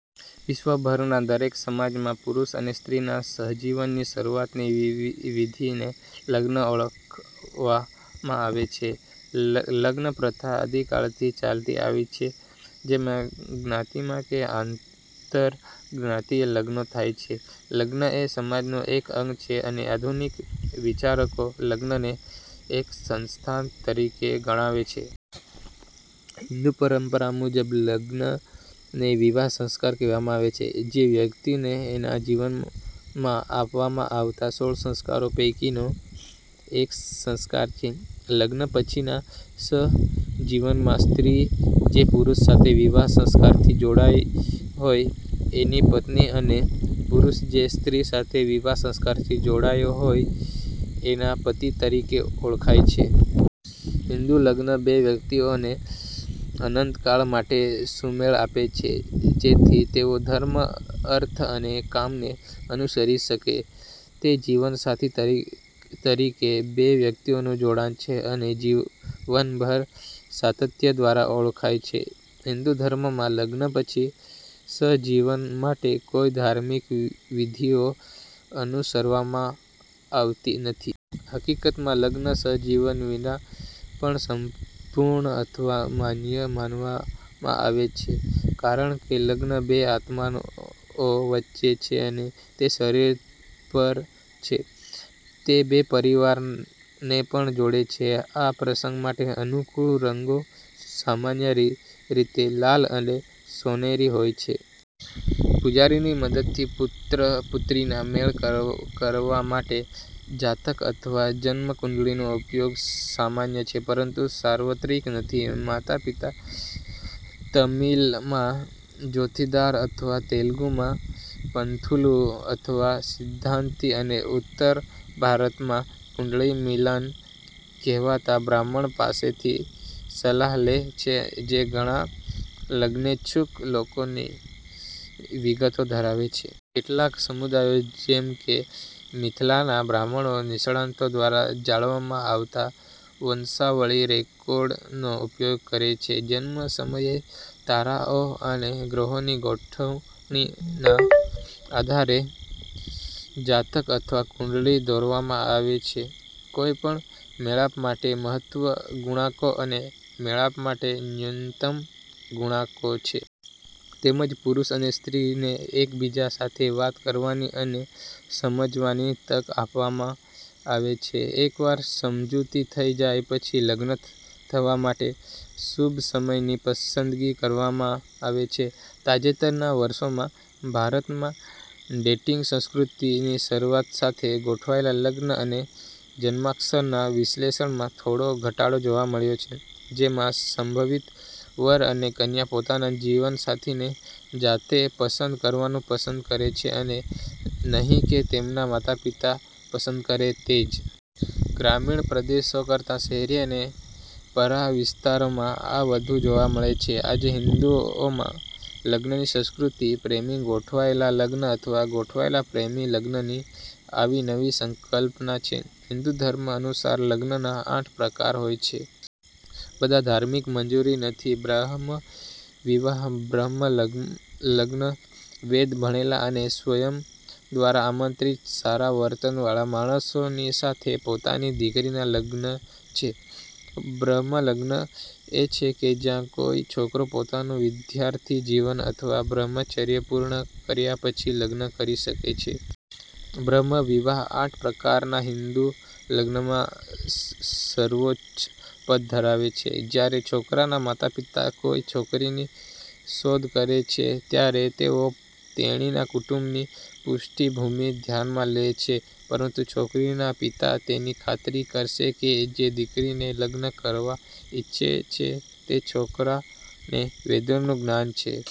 વિશ્વભરના દરેક સમાજમાં પુરુષ અને સ્ત્રીના સહજીવનની શરુઆતની વિધિને લગ્ન ઓળખવામાં આવે છે. લગ્નપ્રથા આદિકાળથી ચાલતી આવી છે, જેમાં જ્ઞાતિમાં કે આંતરજ્ઞાતિય લગ્નો થાય છે. લગ્ન એ સમાજનું એક અંગ છે અને આધુનિક વિચારકો લગ્નને એક સંસ્થાન તરીકે ગણાવે છે. હિંદુ પરંપરા મુજબ લગ્નને વિવાહ સંસ્કાર કહેવામાં આવે છે, જે વ્યક્તિને એના જીવનમાં આપવામાં આવતા સોળ સંસ્કારો પૈકીનો એક સંસ્કાર છે. લગ્ન પછીના સહજીવનમાં સ્ત્રી જે પુરુષ સાથે વિવાહ સંસ્કારથી જોડાઈ હોય એની પત્ની અને પુરુષ જે સ્ત્રી સાથે વિવાહ સંસ્કારથી જોડાયો હોય એના પતિ તરીકે ઓળખાય છે. હિન્દુ લગ્ન બે વ્યક્તિઓ ને અનંતકાળ માટે સુમેળ આપે છે, જેથી તેઓ ધર્મ, અર્થ અને કામને અનુસરી શકે. તે જીવનસાથી તરીકે બે વ્યક્તિઓનું જોડાણ છે, અને જીવનભર સાતત્ય દ્વારા ઓળખાય છે. હિન્દુ ધર્મમાં, લગ્ન પછી સહજીવન માટે કોઈ ધાર્મિક વિધિઓ અનુસરવામાં આવતી નથી. હકીકતમાં, લગ્ન સહજીવન વિના પણ સંપૂર્ણ અથવા માન્ય માનવામાં આવે છે, કારણ કે લગ્ન બે આત્માઓ વચ્ચે છે અને તે શરીરથી પર છે. તે બે પરિવારોને પણ જોડે છે. આ પ્રસંગ માટે અનુકૂળ રંગો સામાન્ય રીતે લાલ અને સોનેરી હોય છે. પૂજારીની મદદથી પુત્ર/પુત્રીના મેળ કરવા માટે જાતક અથવા જન્મ કુંડળી નો ઉપયોગ સામાન્ય છે, પરંતુ સાર્વત્રિક નથી. માતા-પિતા તમિલ માં 'જોથીદાર' અથવા તેલુગુ માં 'પંથુલું અથવા સિદ્ધાંતી' અને ઉત્તર ભારતમાં 'કુંડળી મિલાન' કહેવાતા બ્રાહ્મણ પાસેથી સલાહ લે છે, જે ઘણા લગ્નેચ્છુક લોકોની વિગતો ધરાવે છે. કેટલાક સમુદાયો, જેમ કે મિથિલાના બ્રાહ્મણો, નિષ્ણાતો દ્વારા જાળવવામાં આવતા વંશાવળી રેકોર્ડ નો ઉપયોગ કરે છે. જન્મ સમયે તારાઓ અને ગ્રહોની ગોઠવણના આધારે જાતક અથવા કુંડળી દોરવામાં આવે છે. કોઈપણ મેળાપ માટે મહત્તમ ગુણાંકો અને મેળાપ માટે ન્યૂનતમ ગુણાંકો છે. તેમજ પુરુષ અને સ્ત્રીને એકબીજા સાથે વાત કરવાની અને સમજવાની તક આપવામાં આવે છે. એકવાર સમજૂતી થઈ જાય પછી લગ્ન થવા માટે શુભ સમયની પસંદગી કરવામાં આવે છે. તાજેતરના વર્ષોમાં, ભારતમાં ડેટિંગ સંસ્કૃતિની શરૂઆત સાથે, ગોઠવાયેલા લગ્ન અને જન્માક્ષરના વિશ્લેષણમાં થોડો ઘટાડો જોવા મળ્યો છે, જેમાં સંભવિત વર અને કન્યા પોતાના જીવનસાથીને જાતે પસંદ કરવાનું પસંદ કરે છે અને નહીં કે તેમના માતાપિતા પસંદ કરે તે જ. ગ્રામીણ પ્રદેશો કરતા શહેરી અને પરા વિસ્તારોમાં આ વધુ જોવા મળે છે. આજે હિંદુઓમાં લગ્નની સંસ્કૃતિ પ્રેમ-ગોઠવેલા લગ્ન અથવા ગોઠવેલા-પ્રેમ લગ્નની આવી નવી સંકલ્પના છે. હિન્દુ ધર્મ અનુસાર લગ્નના આઠ પ્રકાર હોય છે. બધાને ધાર્મિક મંજૂરી નથી. બ્રહ્મ વિવાહ બ્રહ્મ લગ્ન, વેદ ભણેલા, અને સ્વયં દ્વારા આમંત્રિત સારા વર્તન વાળા માણસની સાથે પોતાની દીકરીના લગ્ન છે. બ્રહ્મ લગ્ન એ છે કે જ્યાં કોઈ છોકરો પોતાનું વિદ્યાર્થી જીવન અથવા બ્રહ્મચર્ય પૂર્ણ કર્યા પછી લગ્ન કરી શકે છે. બ્રહ્મ વિવાહ આઠ પ્રકારનાં હિન્દુ લગ્નમાં સર્વોચ્ચ પદ ધરાવે છે. જ્યારે છોકરાના માતાપિતા કોઈ છોકરીની શોધ કરે છે, ત્યારે તેઓ તેણીના કુટુંબની પૃષ્ઠભૂમિ ધ્યાનમાં લે છે, પરંતુ છોકરીના પિતા તેની ખાતરી કરશે કે જે દીકરીને લગ્ન કરવા ઇચ્છે છે તે છોકરાને વેદોનું જ્ઞાન છે.